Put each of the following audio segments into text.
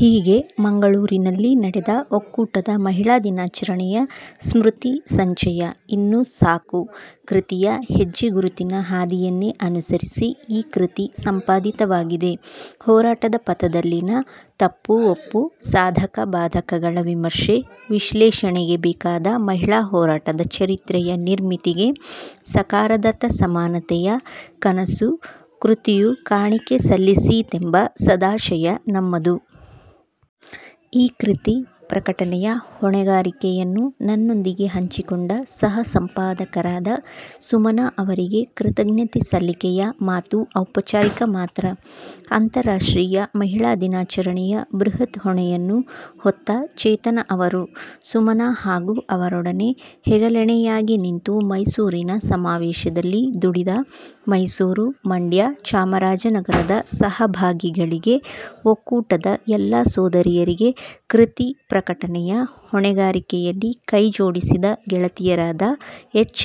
ಹೀಗೆ, ಮಂಗಳೂರಿನಲ್ಲಿ ನಡೆದ ಒಕ್ಕೂಟದ ಮಹಿಳಾ ದಿನಾಚರಣೆಯ ಸ್ಮೃತಿ ಸಂಚಯ 'ಇನ್ನು ಸಾಕು' ಕೃತಿಯ ಹೆಜ್ಜೆ ಗುರುತಿನ ಹಾದಿಯನ್ನೇ ಅನುಸರಿಸಿ ಈ ಕೃತಿ ಸಂಪಾದಿತವಾಗಿದೆ. ಹೋರಾಟದ ಪಥದಲ್ಲಿನ ತಪ್ಪು-ಒಪ್ಪು, ಸಾಧಕ-ಬಾಧಕಗಳ ವಿಮರ್ಶೆ, ವಿಶ್ಲೇಷಣೆಗೆ ಬೇಕಾದ ಮಹಿಳಾ ಹೋರಾಟದ ಚರಿತ್ರೆಯ ನಿರ್ಮಿತಿಗೆ 'ಸಾಕಾರದತ್ತ ಸಮಾನತೆಯ ಕನಸು' ಕೃತಿಯು ಕಾಣಿಕೆ ಸಲ್ಲಿಸೀತೆಂಬ ಸದಾಶಯ ನಮ್ಮದು. ಈ ಕೃತಿ ಪ್ರಕಟನೆಯ ಹೊಣೆಗಾರಿಕೆಯನ್ನು ನನ್ನೊಂದಿಗೆ ಹಂಚಿಕೊಂಡ ಸಹಸಂಪಾದಕರಾದ ಸುಮನಾ ಅವರಿಗೆ ಕೃತಜ್ಞತೆ ಸಲ್ಲಿಕೆಯ ಮಾತು ಔಪಚಾರಿಕ ಮಾತ್ರ. ಅಂತಾರಾಷ್ಟ್ರೀಯ ಮಹಿಳಾ ದಿನಾಚರಣೆಯ ಬೃಹತ್ ಹೊಣೆಯನ್ನು ಹೊತ್ತ ಚೇತನ ಅವರು. ಸುಮನಾ ಹಾಗೂ ಅವರೊಡನೆ ಹೆಗಲೆಣೆಯಾಗಿ ನಿಂತು ಮೈಸೂರಿನ ಸಮಾವೇಶದಲ್ಲಿ ದುಡಿದ ಮೈಸೂರು-ಮಂಡ್ಯ-ಚಾಮರಾಜನಗರದ ಸಹಭಾಗಿಗಳಿಗೆ; ಒಕ್ಕೂಟದ ಎಲ್ಲಾ ಸೋದರಿ ್ಯರಿಗೆ; ಕೃತಿ ಪ್ರಕಟನೆಯ ಹೊಣೆಗಾರಿಕೆಯಲ್ಲಿ ಕೈಜೋಡಿಸಿದ ಗೆಳತಿಯರಾದ ಎಚ್.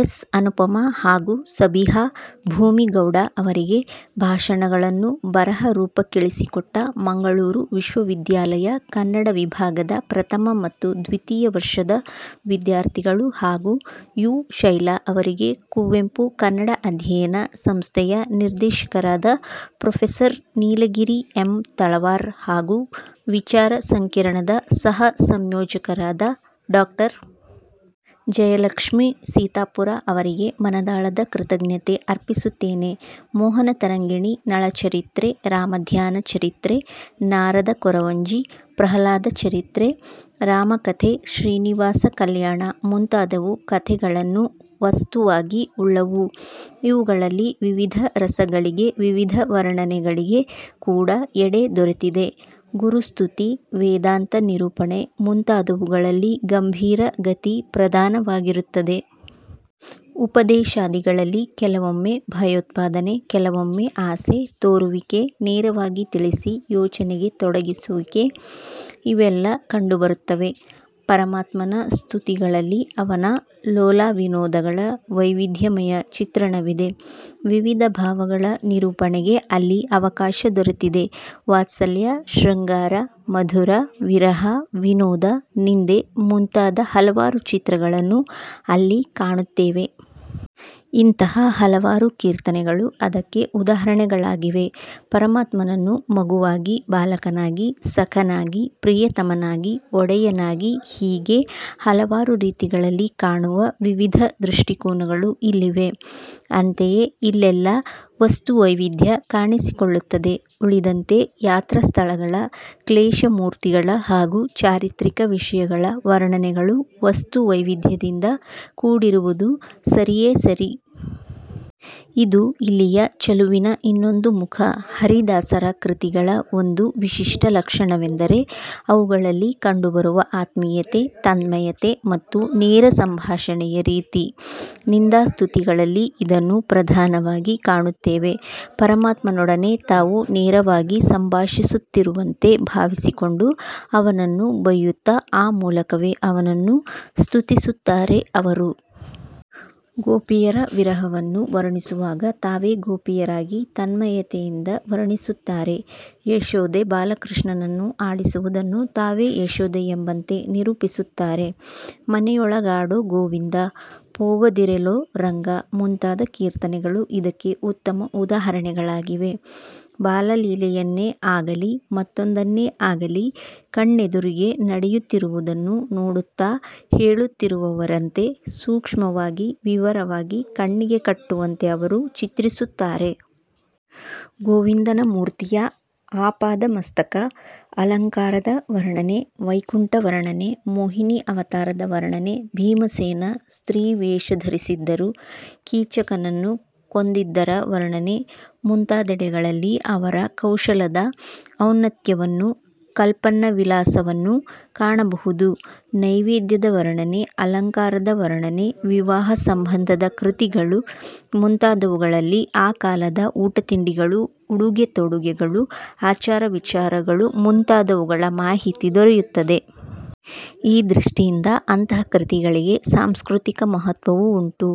ಎಸ್. ಅನುಪಮಾ ಹಾಗೂ ಸಬಿಹಾ ಭೂಮಿಗೌಡ ಅವರಿಗೆ; ಭಾಷಣಗಳನ್ನು ಬರಹ ರೂಪಕ್ಕಿಳಿಸಿಕೊಟ್ಟ ಮಂಗಳೂರು ವಿಶ್ವ ವಿದ್ಯಾಲಯ, ಕನ್ನಡ ವಿಭಾಗದ ಪ್ರಥಮ ಮತ್ತು ದ್ವಿತೀಯ ವರ್ಷದ ವಿದ್ಯಾರ್ಥಿಗಳು ಹಾಗೂ ಯು. ಶೈಲಾ ಅವರಿಗೆ ಕುವೆಂಪು ಕನ್ನಡ ಅಧ್ಯಯನ ಸಂಸ್ಥೆಯ ನಿರ್ದೇಶಕರಾದ ಪ್ರೊಫೆಸರ್ ನೀಲಗಿರಿ ಎಂ. ತಳವಾರ್ ಹಾಗೂ ವಿಚಾರ ಸಂಕಿರಣದ ಸಹ ಸಂಯೋಜಕರಾದ ಡಾ. ಜಯಲಕ್ಷ್ಮೀ ಸೀತಾಪುರ ಅವರಿಗೆ ಮನದಾಳದ ಕೃತಜ್ಞತೆ ಅರ್ಪಿಸುತ್ತೇನೆ. ಮೋಹನ ತರಂಗಿಣಿ, ನಳಚರಿತ್ರೆ, ರಾಮಧಾನ್ಯ ಚರಿತ್ರೆ, ನಾರದ ಕೊರವಂಜಿ, ಪ್ರಹ್ಲಾದಚರಿತ್ರೆ, ರಾಮಕಥೆ, ಶ್ರೀನಿವಾಸ ಕಲ್ಯಾಣ ಮುಂತಾದುವು ಕಥೆಗಳನ್ನು ವಸ್ತುವಾಗಿ ಉಳ್ಳುವು. ಇವುಗಳಲ್ಲಿ ವಿವಿಧ ರಸಗಳಿಗೆ ವಿವಿಧ ವರ್ಣನೆಗಳಿಗೆ ಕೂಡ ಎಡೆ ದೊರೆತಿದೆ. ಗುರುಸ್ತುತಿ, ವೇದಾಂತ ನಿರೂಪಣೆ ಮುಂತಾದುವುಗಳಲ್ಲಿ ಗಂಭೀರ ಗತಿ ಪ್ರಧಾನವಾಗಿರುತ್ತದೆ. ಉಪದೇಶಾದಿಗಳಲ್ಲಿ ಕೆಲವೊಮ್ಮೆ ಭಯೋತ್ಪಾದನೆ, ಕೆಲವೊಮ್ಮೆ ಆಸೆ ತೋರಿಸುವಿಕೆ ನೇರವಾಗಿ ತಿಳಿಸಿ ಯೋಚನೆಗೆ ತೊಡಗಿಸುವುಕೆ ಇವೆಲ್ಲ ಕಂಡುಬರುತ್ತವೆ. ಪರಮಾತ್ಮನ ಸ್ತುತಿಗಳಲ್ಲಿ ಅವನ ಲೋಲಾವಿನೋದಗಳ ವೈವಿಧ್ಯಮಯ ಚಿತ್ರಣವಿದೆ. ವಿವಿಧ ಭಾವಗಳ ನಿರೂಪಣೆಗೆ ಅಲ್ಲಿ ಅವಕಾಶ ದೊರೆತಿದೆ. ವಾತ್ಸಲ್ಯ, ಶೃಂಗಾರ, ಮಧುರ, ವಿರಹ, ವಿನೋದ, ನಿಂದೆ ಮುಂತಾದ ಹಲವಾರು ಚಿತ್ರಗಳನ್ನು ಅಲ್ಲಿ ಕಾಣುತ್ತೇವೆ. ಇಂತಹ ಹಲವಾರು ಕೀರ್ತನೆಗಳು ಅದಕ್ಕೆ ಉದಾಹರಣೆಗಳಾಗಿವೆ. ಪರಮಾತ್ಮನನ್ನು ಮಗುವಾಗಿ, ಬಾಲಕನಾಗಿ, ಸಖನಾಗಿ, ಪ್ರಿಯತಮನಾಗಿ, ಒಡೆಯನಾಗಿ ಹೀಗೆ ಹಲವಾರು ರೀತಿಗಳಲ್ಲಿ ಕಾಣುವ ವಿವಿಧ ದೃಷ್ಟಿಕೋನಗಳು ಇಲ್ಲಿವೆ. ಅಂತೆಯೇ ಇಲ್ಲೆಲ್ಲ ವಸ್ತು ವೈವಿಧ್ಯ ಕಾಣಿಸಿಕೊಳ್ಳುತ್ತದೆ. ಉಳಿದಂತೆ ಯಾತ್ರಸ್ಥಳಗಳ, ಕ್ಲೇತ್ರಮೂರ್ತಿಗಳ ಹಾಗೂ ಚಾರಿತ್ರಿಕ ವಿಷಯಗಳ ವರ್ಣನೆಗಳು ವಸ್ತು ವೈವಿಧ್ಯದಿಂದ ಕೂಡಿರುವುದು ಸರಿಯೇ ಸರಿ. ಇದು ಇಲ್ಲಿಯ ಚೆಲುವಿನ ಇನ್ನೊಂದು ಮುಖ. ಹರಿದಾಸರ ಕೃತಿಗಳ ಒಂದು ವಿಶಿಷ್ಟ ಲಕ್ಷಣವೆಂದರೆ ಅವುಗಳಲ್ಲಿ ಕಂಡುಬರುವ ಆತ್ಮೀಯತೆ, ತನ್ಮಯತೆ ಮತ್ತು ನೇರಸಂಭಾಷಣೆಯ ರೀತಿ. ನಿಂದಾಸ್ತುತಿಗಳಲ್ಲಿ ಇದನ್ನು ಪ್ರಧಾನವಾಗಿ ಕಾಣುತ್ತೇವೆ. ಪರಮಾತ್ಮನೊಡನೆ ತಾವು ನೇರವಾಗಿ ಸಂಭಾಷಿಸುತ್ತಿರುವಂತೆ ಭಾವಿಸಿಕೊಂಡು ಅವನನ್ನು ಬೈಯುತ್ತ ಆ ಮೂಲಕವೇ ಅವನನ್ನು ಸ್ತುತಿಸುತ್ತಾರೆ ಅವರು. ಗೋಪಿಯರ ವಿರಹವನ್ನು ವರ್ಣಿಸುವಾಗ ತಾವೇ ಗೋಪಿಯರಾಗಿ ತನ್ಮಯತೆಯಿಂದ ವರ್ಣಿಸುತ್ತಾರೆ. ಯಶೋದೆ ಬಾಲಕೃಷ್ಣನನ್ನು ಆಡಿಸುವುದನ್ನು ತಾವೇ ಯಶೋದೆಯೆಂಬಂತೆ ನಿರೂಪಿಸುತ್ತಾರೆ. "ಮನೆಯೊಳಗಾಡೊ ಗೋವಿಂದ" ಪೋಗ ದಿರೆಲೊ ರಂಗ" ಮುಂತಾದ ಕೀರ್ತನೆಗಳು ಇದಕ್ಕೆ ಉತ್ತಮ ಉದಾಹರಣೆಗಳಾಗಿವೆ. ಬಾಲಲೀಲೆಯನ್ನೇ ಆಗಲಿ ಮತ್ತೊಂದನ್ನೇ ಆಗಲಿ, ಕಣ್ಣೆದುರಿಗೆ ನಡೆಯುತ್ತಿರುವುದನ್ನು ನೋಡುತ್ತಾ ಹೇಳುತ್ತಿರುವವಂತೆ ಸೂಕ್ಷ್ಮವಾಗಿ ವಿವರವಾಗಿ ಕಣ್ಣಿಗೆ ಕಟ್ಟುವಂತೆ ಅವರು ಚಿತ್ರಿಸುತ್ತಾರೆ. ಗೋವಿಂದನ ಮೂರ್ತಿಯ ಆಪಾದಮಸ್ತಕ ಅಲಂಕಾರದ ವರ್ಣನೆ, ವೈಕುಂಠ ವರ್ಣನೆ, ಮೋಹಿನೀ ಅವತಾರದ ವರ್ಣನೆ, ಭೀಮಸೇನ ಸ್ತ್ರೀವೇಷ ಧರಿಸಿದ್ದರು, ಕೀಚಕನನ್ನು ಕೊಂದದ್ದರ ವರ್ಣನೆ ಮುಂತಾದೆಡೆಗಳಲ್ಲಿ ಅವರ ಕೌಶಲದ ಔನ್ನತ್ಯವನ್ನೂ ಕಲ್ಪನ್ನವಿಲಾಸವನ್ನೂ ಕಾಣಬಹುದು. ನೈವೇದ್ಯದ ವರ್ಣನೆ, ಅಲಂಕಾರದ ವರ್ಣನೆ, ವಿವಾಹಸಂಬಂಧದ ಕೃತಿಗಳು ಮುಂತಾದವುಗಳಲ್ಲಿ ಆ ಕಾಲದ ಊಟತಿಂಡಿಗಳು, ಉಡುಗೆತೊಡುಗೆಗಳು, ಆಚಾರವಿಚಾರಗಳು ಮುಂತಾದವುಗಳ ಮಾಹಿತಿ ದೊರೆಯುತ್ತದೆ. ಈ ದೃಷ್ಟಿಯಿಂದ ಅಂತಹ ಕೃತಿಗಳಿಗೆ ಸಾಂಸ್ಕೃತಿಕ ಮಹತ್ವವೂ ಉಂಟು.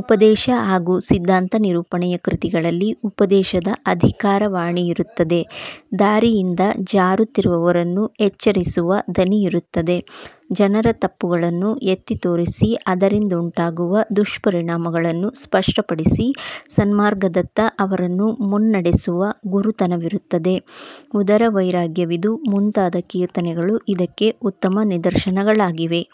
ಉಪದೇಶ ಹಾಗೂ ಸಿದ್ಧಾಂತ ನಿರೂಪಣೆಯ ಕೃತಿಗಳಲ್ಲಿ ಉಪದೇಶದ ಅಧಿಕಾರವಾಣಿಯಿರುತ್ತದೆ. ದಾರಿಯಿಂದ ಜಾರುತ್ತಿರುವವರನ್ನು ಎಚ್ಚರಿಸುವ ದನಿಯಿರುತ್ತದೆ. ಜನರ ತಪ್ಪುಗಳನ್ನು ಎತ್ತಿತೋರಿಸಿ, ಅದರಿಂದುಂಟಾಗುವ ದುಷ್ಪರಿಣಾಮಗಳನ್ನು ಸ್ಪಷ್ಟಪಡಿಸಿ, ಸನ್ಮಾರ್ಗದತ್ತ ಅವರನ್ನು ಮುನ್ನೆಡೆಸುವ ಗುರುತನವಿರುತ್ತದೆ. ಉದರವೈರಾಗ್ಯವಿದು ಮುಂತಾದ ಕೀರ್ತನೆಗಳು ಇದಕ್ಕೆ ಉತ್ತಮ ನಿದರ್ಶನಗಳಾಗಿವೆ.